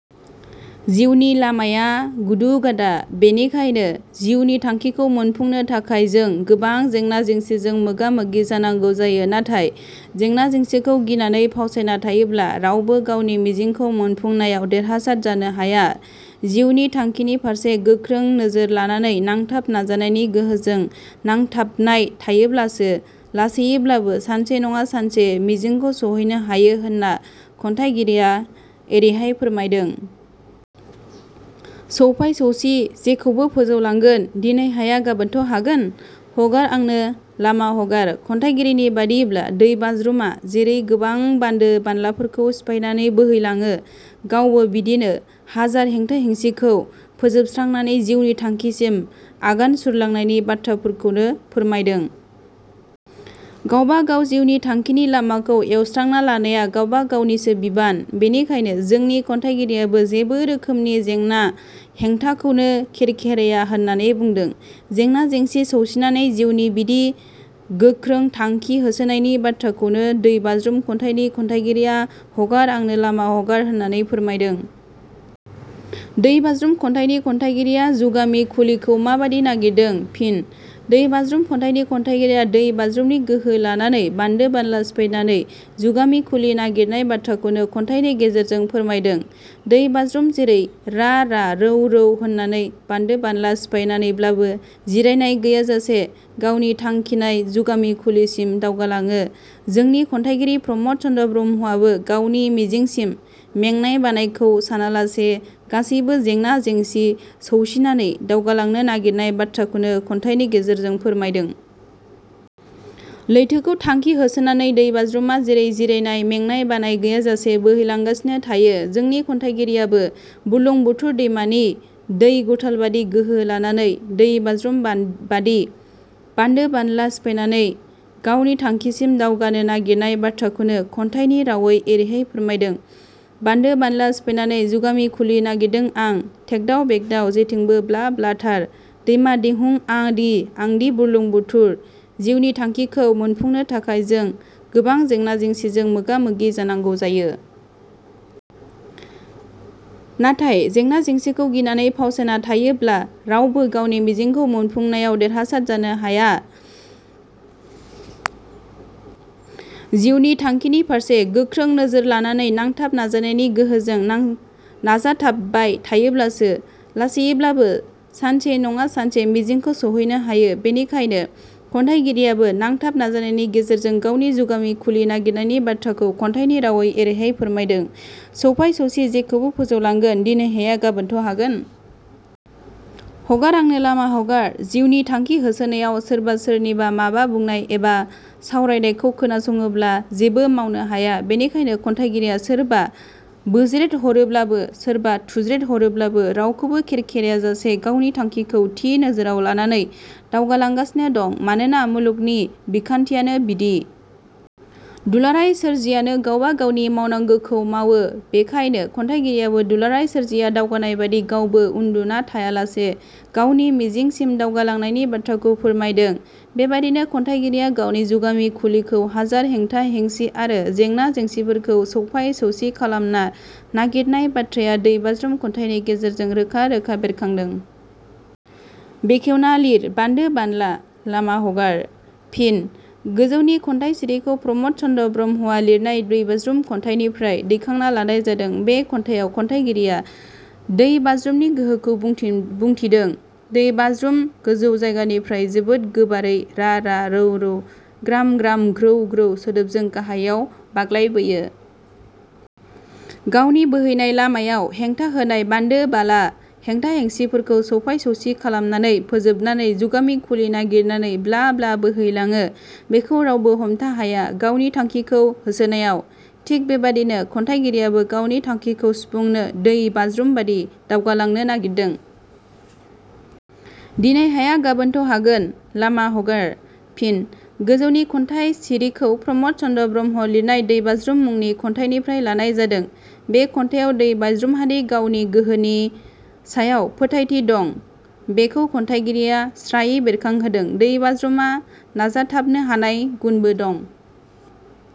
जिउनि लामाया गुदु गादा, बेखायनो जिउनि थांखिखौ मोनफुंनो थाखाय जो गोबां जेंना-जेंसिजों मोगा मोगि जानांगौ जायो नाथाय जेंना जेंसिखौ गिनाने फावसायना थायोब्ला रावबो गावनि मिजिंखौ मोनफुंनायाव देरहासार जानो हाया। जिउनि थांखिनि फारसे गोखों नोजोर लानानै नांथाब नाजानायनि गोहोजों नाजाथाबबाय थायोब्लासो लासैयैब्लाबो सानसे नङा सानसे मिजिंखौ सहैनो हायो होनना खन्थाइगिरिया एरैहाय फोरमायदों-। सौफाइ सौसि जेखौबो फोजावलांगोन, दिनै हाया गाबोनथ' हागोन? हगार आंनो लामा हगार। खन्थाइगिरिनि बादियैब्ला दै बाज्रुमा जेरै गोबां बान्दो बानलाफोरखौ सिफायनानै बोहैलाङो गावबो बिदिनो हाजार हेंथा हेंसिखौ फोजोबसांनानै जिउनि थांखिसिम आगान सुरलांनायनि बाथ्राखौनो फोरमायदों। गावबा गाव जिउनि थांखिनि लामाखौ एवस्रांना लानाया गावबा गावनिसो बिबान। बेखायनो जोंनि खन्थाइगिरियाबो जेबो रोखोमनि जेंना-हेंथाखौनो खेरखेराया होननानै बुंदों। जेंना जेंसि सौसिनानै जिउनि बिदि गोखों थांखि होसोनायनि बाथ्राखौनो 'दै बाज्रुम' खन्थाइनि खन्थाइगिरिया हगार आंनो लामा हगार होननानै फोरमायदों।. 'दै बाज्रुम' खन्थाइनि खन्थाइगिरिया जुगामि खुलिखौ माबादि नागिरदों? फिन: 'दै बाज्रुम' खन्थाइनि खन्थाइगिरिया दै बाज्रुमनि गोहो लानानै बानदो बानला सिफायनानै जुगामि खुलि नागिरनाय बाथ्राखौनो खन्थाइनि गेजेरजों फोरमायदों। दै बाज्रुम जेरै रा रा रौ रौ होननानै बानदो बानला सिफायनानैब्लाबो जिरायनाय गैयाजासे गावनि थांखिनाय जुगामि खुलिसिम दावगालाङो जोंनि खन्थाइगिरि प्रमद चन्द्र ब्रह्मआबो गावनि मिजिंसिम मेंनाय-बानायखौ सानालासे गासैबो जेंना जेंसि सौसिनानै दावगालांनो नागिरनाय बाथ्राखौनो खन्थाइनि गेजेरजों फोरमायदों। लैथोखौ थांखि होसोनानै दै बाज्रुमा जेरै जिरायनाय, मेंनाय – बानाय गैयाजासे बोहैलांगासिनो थायो जोंनि खन्थाइगिरियाबो बुरलुं बुथुर दैमानि दै गुथालबादि गोहो लानानै, दै बाज्रुम बादि बानदो बानला सिफायनाने गावनि थांखिसिम दावगानो नागिरनाय बाथ्राखौनो खन्थाइनि रावै एरैहाय फोरमायदों- बानदो-बानला सिफायनानै जुगामि खुलि नागिरदों आं; थेगदाव बेगदाव जेथिंबो ब्ला ब्लाथार, दैमा दिहुं आदि बुरलुंबुथुर- जिउनि थांखिखौ मोनफुंनो थाखाय जों गोबां जेंना-जेंसिजों मोगा मोगि जानांगौ जायो। नाथाय जेंना जेंसिखौ गिनानै फावसायना थायोब्ला रावबो गावनि मिजिंखौ मोनफुंनायाव देरहासार जानो हायो। जिउनि थांखिनि फारसे गोखों नोजोर लानानै नांथाब नाजानायनि गोहोजों नाजाथाबबाय थायोब्लासो लासैयैब्लाबो सानसे नङा सानसे मिजिंखौ सहैनो हायो। बेखायनो खन्थाइगिरियाबो नांथाब नाजानायनि गेजेरजों गावनि जुगामि खुलि नागिरनायनि बाथाखौ खन्थाइनि रावै एरैहाय फोरमायदों- सौफाइ सौसि जेखौबो फोजावलांगोन, दिनै हाया गाबोनथ' हागोन? हगार आंनो लामा हगार। जिउनि थांखि होसोनायाव सोरबा सोरनिबा माबा बुंनाय एवा सावरायनायखौ खोनासङोब्ला जेबो मावनो हाया, बेखायनो खन्थाइगिरिया सोरबा बोज्रेदहरब्लाबो सोरबा थुज्रेदहरब्लाबो रावखौबो खेरखेरायाजासे गावनि थांखिखौ थि नोजोराव लानानै दावगालांगासिनो दं। मानोना मुलुगनि बिखान्थियानो बिदि। दुलाराय सोरजियानो गावबा गावनि मावनांगौखौ मावो बेखायनो खन्थाइगिरियाबो दुलाराय सोरजिया दावगानाय बादि गावबो उन्दुना थायालासे गावनि मिजिंसिम दावगालांनायनि बाथ्राखौ फोरमायदों। बेबादिनो खन्थाइगिरिया गावनि जुगामि खुलिखौ हाजार हेंथा हेंसि आरो जेंना-जेंसिफोरखौ सौफाय सौसि खालामना नागिरनाय बाथ्राया दै बाज्रुम खन्थाइनि गेजेरजों रोखा रोखा बेरखांदों। बेखेवना लिर बान्दो बानला……. लामा हगार। फिनः गोजौनि खन्थाइ सिरिखौ प्रमद चन्द्र ब्रह्मआ लिरनाय 'दै बाज्रुम' खन्थाइनिफ्राय दैखांना लानाय जादों। बे खन्याइयाव खन्याइगिरिया दै बाज्रुमनि गोहोखौ बुंथिदों। दै बाज्रुम गोजौ जायगानिफ्राय जोबोद गोबारै रा रा रौ रौ ग्राम ग्राम ग्रौ ग्रौ सोदोबजों गाहायाव बाग्लायबोयो। गावनि बोहैनाय लामायाव हेंथा होनाय बान्दो-बाला हेंथा-हेंसिफोरखौ सौफाय-सौसि खालामनाने फोजोबनानै जुगामि खुलि नागिरनानै ब्ला ब्ला बोहै लाङो। बेखौ रावबो हमथाहाया गावनि थांखिखौ होसोनायाव। थिग बेबादिनो खन्थाइगिरियाबो गावनि थांखिखौ सुफुंनो दै बाज्रुम बायदि दावगालांनो नागिरदों। दिनै हाया गाबोनथ' हागोन…….. लामा हगार। फिनः गोजौनि खन्थाइ सिरिखौ प्रमद चन्द्र ब्रह्म लिनाय "दै बाज्रुम' मुनि खन्थाइनिफ्राय लानाय जादों। बे खन्थाइयाव दै बाज्रुमहादि गावनि गोहोनि सायाव फोथायथि दं बेखौ खन्थाइगिरिया स्रायै बेरखांहोदों। दै बाज्रुमहा नाजाथाबनो हानाय गुनबो दं।